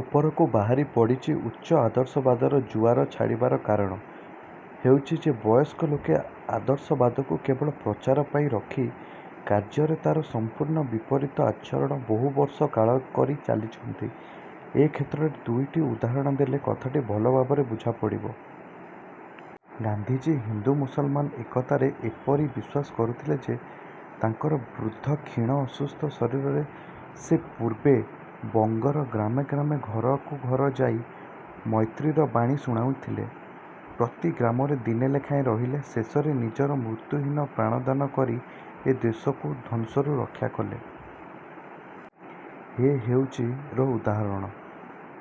ଉପରକୁ ବାହାରି ପଡ଼ିଛି। ଉଚ୍ଚ ଆଦର୍ଶବାଦର ଜୁଆର ଛାଡ଼ିବାର କାରଣ ହେଉଛି ଯେ ବୟସ୍କ ଲୋକେ ଆଦର୍ଶବାଦକୁ କେବଳ ପ୍ରଚାର ପାଇଁ ରଖି କାର୍ଯ୍ୟରେ ତା'ର ସମ୍ପୂର୍ଣ୍ଣ ବିପରୀତ ଆଚରଣ ବହୁବର୍ଷ କାଳ କରି ଚାଲିଛନ୍ତି। ଏ କ୍ଷେତ୍ରରେ ଦୁଇଟି ଉଦାହରଣ ଦେଲେ କଥାଟି ଭଲ ଭାବରେ ବୁଝାପଡ଼ିବ। ଗାନ୍ଧିଜୀ ହିନ୍ଦୁ-ମୁସଲମାନ ଏକତାରେ ଏପରି ବିଶ୍ୱାସ କରୁଥିଲେ ଯେ ତାଙ୍କର ବୃଦ୍ଧ କ୍ଷୀଣ ଅସୁସ୍ଥ ଶରୀରରେ ସେ ପୂର୍ବେ ବଙ୍ଗର ଗ୍ରାମେ ଗ୍ରାମେ ଘରକୁ ଘର ଯାଇ ମୈତ୍ରୀର ବାଣୀ ଶୁଣାଇଲେ। ପ୍ରତି ଗ୍ରାମରେ ଦିନେ ଲେଖାଏଁ ରହିଲେ। ଶେଷରେ ନିଜର ମୃତ୍ୟୁହୀନ ପ୍ରାଣଦାନ କରି ଏ ଦେଶକୁ ଧ୍ୱଂସରୁ ରକ୍ଷାକଲେ। ଏ ହେଉଛି ର ଉଦାହରଣ।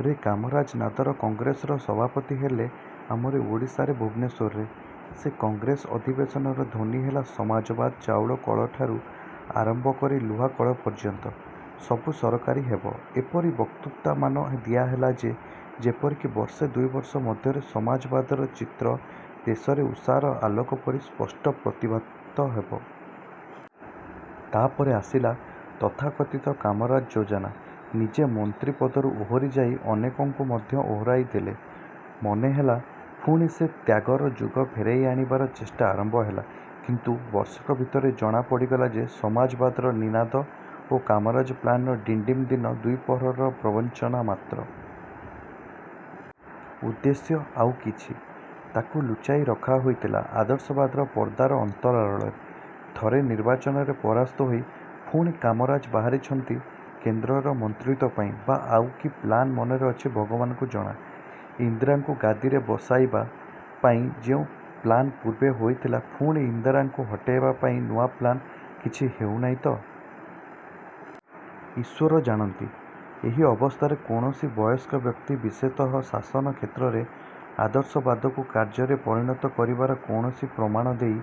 ରେ କାମରାଜ ନାଦର କଂଗ୍ରେସର ସଭାପତି ହେଲେ ଆମରି ଓଡ଼ିଶାରେ ଭୁବନେଶ୍ୱରରେ। ସେ କଂଗ୍ରେସ ଅଧିବେଶନର ଧ୍ୱନି ହେଲା 'ସମାଜବାଦ' ଚାଉଳ କଳଠାରୁ ଆରମ୍ଭ କରି ଲୁହାକଳ ପର୍ଯ୍ୟନ୍ତ ସବୁ ସରକାରୀ ହେବ। ଏପରି ବକ୍ତୃତାମାନ ଦିଆହେଲା ଯେ ଯେପରିକି ବର୍ଷେ ଦୁଇବର୍ଷ ମଧ୍ୟରେ ସମାଜବାଦର ଚିତ୍ର ଦେଶରେ ଉଷାର ଆଲୋକ ପରି ସ୍ପଷ୍ଟ ପ୍ରତିଭାତ ହେବ। ତା'ପରେ ଆସିଲା ତଥାକଥିତ କାମରାଜ ଯୋଜନା। ନିଜେ ମନ୍ତ୍ରୀ ପଦରୁ ଓହରି ଯାଇ ଅନେକଙ୍କୁ ମଧ୍ୟ ଓହରାଇ ଦେଲେ। ମନେହେଲା ପୁଣି ସେ ତ୍ୟାଗର ଯୁଗ ଫେରାଇ ଆଣିବାର ଚେଷ୍ଟା ଆରମ୍ଭ ହେଲା; କିନ୍ତୁ ବର୍ଷକ ଭିତରେ ଜଣା ପଡ଼ିଗଲା ଯେ ସମାଜବାଦର ନିନାଦ ଓ କାମରାଜ ପ୍ଲାନର ଡିଣ୍ଡିମ ଦିନ ଦ୍ୱିପ୍ରହରର ପ୍ରବଞ୍ଚନା ମାତ୍ର। ଉଦ୍ଦେଶ୍ୟ ଆଉ କିଛି, ତାକୁ ଲୁଚାଇ ରଖାହୋଇଥିଲା ଆଦର୍ଶବାଦର ପର୍ଦ୍ଦାର ଅନ୍ତରାଳରେ। ଥରେ ନିର୍ବାଚନରେ ପରାସ୍ତ ହୋଇ ପୁଣି କାମରାଜ ବାହାରିଛନ୍ତି କେନ୍ଦ୍ରର ମନ୍ତ୍ରିତ୍ୱପାଇଁ ବା ଆଉ କି 'ପ୍ଳାନ' ମନରେ ଅଛି ଭଗବାନଙ୍କୁ ଜଣା। ଇନ୍ଦିରାଙ୍କୁ ଗାଦିରେ ବସାଇବା ପାଇଁ ଯେଉଁ ପ୍ଲାନ ପୂର୍ବେ ହୋଇଥିଲା, ପୁଣି ଇନ୍ଦିରାଙ୍କୁ ହଟାଇବା ପାଇଁନୂଆ ପ୍ଲାନ କିଛି ହେଉ ନାହିଁ ତ? ଈଶ୍ୱର ଜାଣନ୍ତି। ଏହି ଅବସ୍ଥାରେ କୌଣସି ବୟସ୍କ ବ୍ୟକ୍ତି, ବିଶେଷତଃ ଶାସନ କ୍ଷେତ୍ରରେ ଆଦର୍ଶବାଦକୁ କାର୍ଯ୍ୟରେ ପରିଣତ କରିବାର କୌଣସି ପ୍ରମାଣ ଦେଇ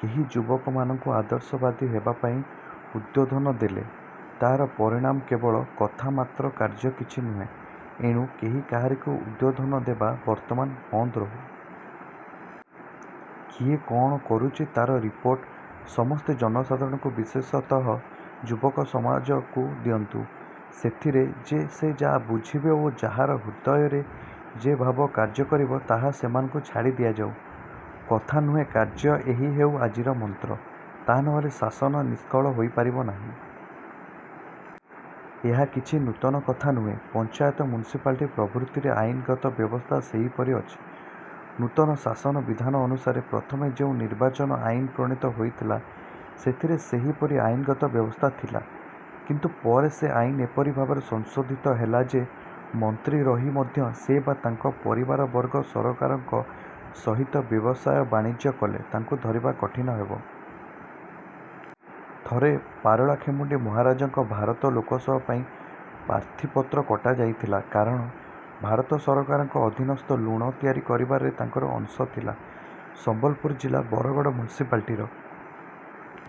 କେହି ଯୁବକମାନଙ୍କୁ ଆଦର୍ଶବାଦୀ ହେବାପାଇଁ ଉଦ୍ବୋଧନ ଦେଲେ ତା'ର ପରିଣାମ କେବଳ କଥା ମାତ୍ର କାର୍ଯ୍ୟ କିଛି ନୁହେଁ। ଏଣୁ କେହି କାହାରିକୁ ଉଦ୍ବୋଧନ ଦେବା ବର୍ତ୍ତମାନ ବନ୍ଦ ରହୁ। କିଏ କଅଣ କରୁଛି ତା'ର ରିପୋର୍ଟ ସମସ୍ତେ ଜନସାଧାରଣଙ୍କୁ ବିଶେଷତଃ ଯୁବ-ସମାଜକୁ ଦିଅନ୍ତୁ। ସେଥିରେ ଯେ ଯାହା ବୁଝିବେ ଓ ଯାହାର ହୃଦୟରେ ଯେ ଭାବ କାର୍ଯ୍ୟ କରିବ, ତାହା ସେମାନଙ୍କୁ ଛାଡ଼ି ଦିଆଯାଉ। କଥା ନୁହେଁ କାର୍ଯ୍ୟ- ଏହି ହେଉ ଆଜିର ମନ୍ତ୍ର। ତାହା ନହେଲେ ଶାସନ ନିଷ୍କଳଙ୍କ ହୋଇପାରିବ ନାହିଁ। ଏହା କିଛି ନୂତନ କଥା ନୁହେଁ। ପଞ୍ଚାୟତ ମ୍ୟୁନିସିପାଲଟି ପ୍ରଭୃତିରେ ଆଇନଗତ ବ୍ୟବସ୍ଥା ସେହିପରି ଅଛି। ନୂତନ ଶାସନ ବିଧାନ ଅନୁସାରେ ପ୍ରଥମେ ଯେଉଁ ନିର୍ବାଚନ-ଆଇନ ପ୍ରଣୀତ ହୋଇଥିଲା, ସେଥିରେ ସେହିପରି ଆଇନଗତ ବ୍ୟବସ୍ଥା ଥିଲା; କିନ୍ତୁ ପରେ ସେ ଆଇନ ଏପରି ଭାବରେ ସଂଶୋଧିତ ହେଲା ଯେ ମନ୍ତ୍ରୀ ରହି ମଧ୍ୟ ସେ ବା ତାଙ୍କ ପରିବାରବର୍ଗ ସରକାରଙ୍କ ସହିତ ବ୍ୟବସାୟ ବାଣିଜ୍ୟ କଲେ, ତାଙ୍କୁ ଧରିବା କଠିନ ହେବ। ଥରେ ପାରଳାଖେମୁଣ୍ଡି ମହାରାଜାଙ୍କ ଭାରତ ଲୋକସଭା ପାଇଁ ପ୍ରାର୍ଥୀପତ୍ର କଟାଯାଇଥିଲା; କାରଣ ଭାରତ ସରକାରଙ୍କ ଅଧୀନସ୍ଥ ଲୁଣ ତିଆରି କାରବାରରେ ତାଙ୍କର ଅଂଶ ଥିଲା। ସମ୍ବଲପୁର ଜିଲା ବରଗଡ଼ ମ୍ୟୁନିସିପାଲିଟିର